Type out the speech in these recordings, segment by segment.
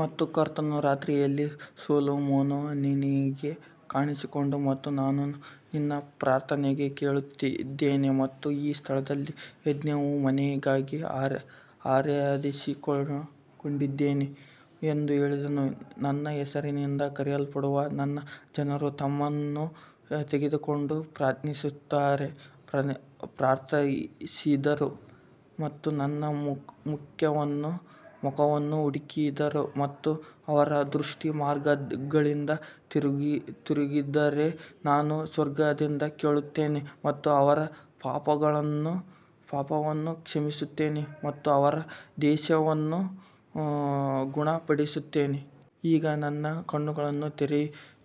ಮತ್ತು ಕರ್ತನು ರಾತ್ರಿಯಲ್ಲಿ ಸೊಲೊಮೋನನಿಗೆ ಕಾಣಿಸಿಕೊಂಡನು ಮತ್ತು ನಾನು ನಿನ್ನ ಪ್ರಾರ್ಥನೆಯನ್ನು ಕೇಳಿದ್ದೇನೆ ಮತ್ತು ಈ ಸ್ಥಳವನ್ನು ಯಜ್ಞದ ಮನೆಗಾಗಿ ಆರಿಸಿಕೊಂಡಿದ್ದೇನೆ ಎಂದು ಹೇಳಿದನು. ನನ್ನ ಹೆಸರಿನಿಂದ ಕರೆಯಲ್ಪಡುವ ನನ್ನ ಜನರು ತಮ್ಮನ್ನು ತಗ್ಗಿಸಿಕೊಂಡು ಪ್ರಾರ್ಥಿಸಿದರೆ ಮತ್ತು ನನ್ನ ಮುಖವನ್ನು ಹುಡುಕಿದರೆ ಮತ್ತು ಅವರ ದುಷ್ಟ ಮಾರ್ಗಗಳಿಂದ ತಿರುಗಿದರೆ ನಾನು ಸ್ವರ್ಗದಿಂದ ಕೇಳುತ್ತೇನೆ ಮತ್ತು ಅವರ ಪಾಪವನ್ನು ಕ್ಷಮಿಸುತ್ತೇನೆ ಮತ್ತು ಅವರ ದೇಶವನ್ನು ಗುಣಪಡಿಸುತ್ತೇನೆ. ಈಗ ನನ್ನ ಕಣ್ಣುಗಳು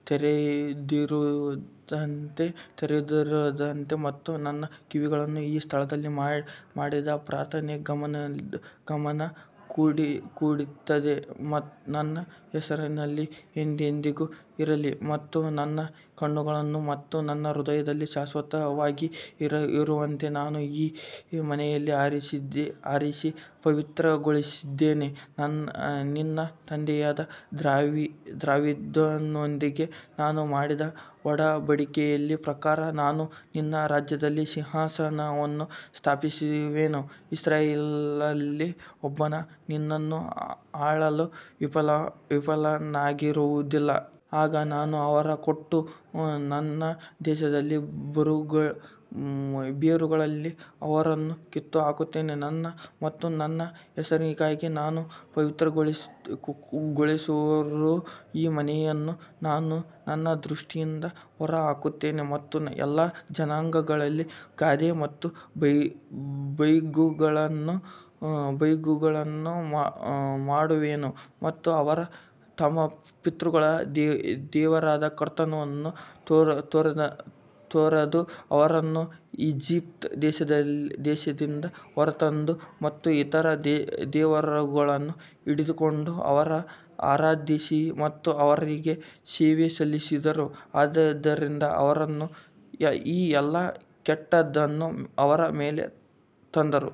ತೆರೆದಿರುತ್ತವೆ ಮತ್ತು ನನ್ನ ಕಿವಿಗಳು ಈ ಸ್ಥಳದಲ್ಲಿ ಮಾಡಿದ ಪ್ರಾರ್ಥನೆಗೆ ಗಮನ ಕೊಡುತ್ತವೆ ನನ್ನ ಹೆಸರು ಎಂದೆಂದಿಗೂ ಇರಲಿ ಮತ್ತು ನನ್ನ ಕಣ್ಣುಗಳು ಮತ್ತು ನನ್ನ ಹೃದಯವು ಶಾಶ್ವತವಾಗಿ ಇರುವಂತೆ ನಾನು ಈ ಮನೆಯನ್ನು ಆರಿಸಿ ಪವಿತ್ರಗೊಳಿಸಿದ್ದೇನೆ. ನಿನ್ನ ತಂದೆಯಾದ ದಾವೀದನೊಂದಿಗೆ ನಾನು ಮಾಡಿದ ಒಡಂಬಡಿಕೆಯ ಪ್ರಕಾರ ನಾನು ನಿನ್ನ ರಾಜ್ಯದ ಸಿಂಹಾಸನವನ್ನು ಸ್ಥಾಪಿಸುವೆನು, ಇಸ್ರಾಯೇಲ್ಯರಲ್ಲಿ ಒಬ್ಬನು ನಿನ್ನನ್ನು ಆಳಲು ವಿಫಲನಾಗುವುದಿಲ್ಲ. ಆಗ ನಾನು ಅವರಿಗೆ ಕೊಟ್ಟ ನನ್ನ ದೇಶದ ಬೇರುಗಳಿಂದ ಅವರನ್ನು ಕಿತ್ತುಹಾಕುವೆನು ಮತ್ತು ನನ್ನ ಹೆಸರಿಗಾಗಿ ನಾನು ಪವಿತ್ರಗೊಳಿಸಿರುವ ಈ ಮನೆಯನ್ನು ನಾನು ನನ್ನ ದೃಷ್ಟಿಯಿಂದ ಹೊರಹಾಕುತ್ತೇನೆ ಮತ್ತು ಎಲ್ಲಾ ಜನಾಂಗಗಳಲ್ಲಿ ಗಾದೆ ಮತ್ತು ಬೈಗುಳವನ್ನು ಮಾಡುವೆನು. ಮತ್ತು ಅವರು ತಮ್ಮ ಪಿತೃಗಳ ದೇವರಾದ ಕರ್ತನನ್ನು ತೊರೆದು ಅವರನ್ನು ಈಜಿಪ್ಟ್ ದೇಶದಿಂದ ಹೊರತಂದರು ಮತ್ತು ಇತರ ದೇವರುಗಳನ್ನು ಹಿಡಿದುಕೊಂಡು ಅವರನ್ನು ಆರಾಧಿಸಿದರು ಮತ್ತು ಅವರಿಗೆ ಸೇವೆ ಸಲ್ಲಿಸಿದರು, ಆದ್ದರಿಂದ ಅವರು ಈ ಎಲ್ಲಾ ಕೆಟ್ಟದ್ದನ್ನು ಅವರ ಮೇಲೆ ತಂದರು.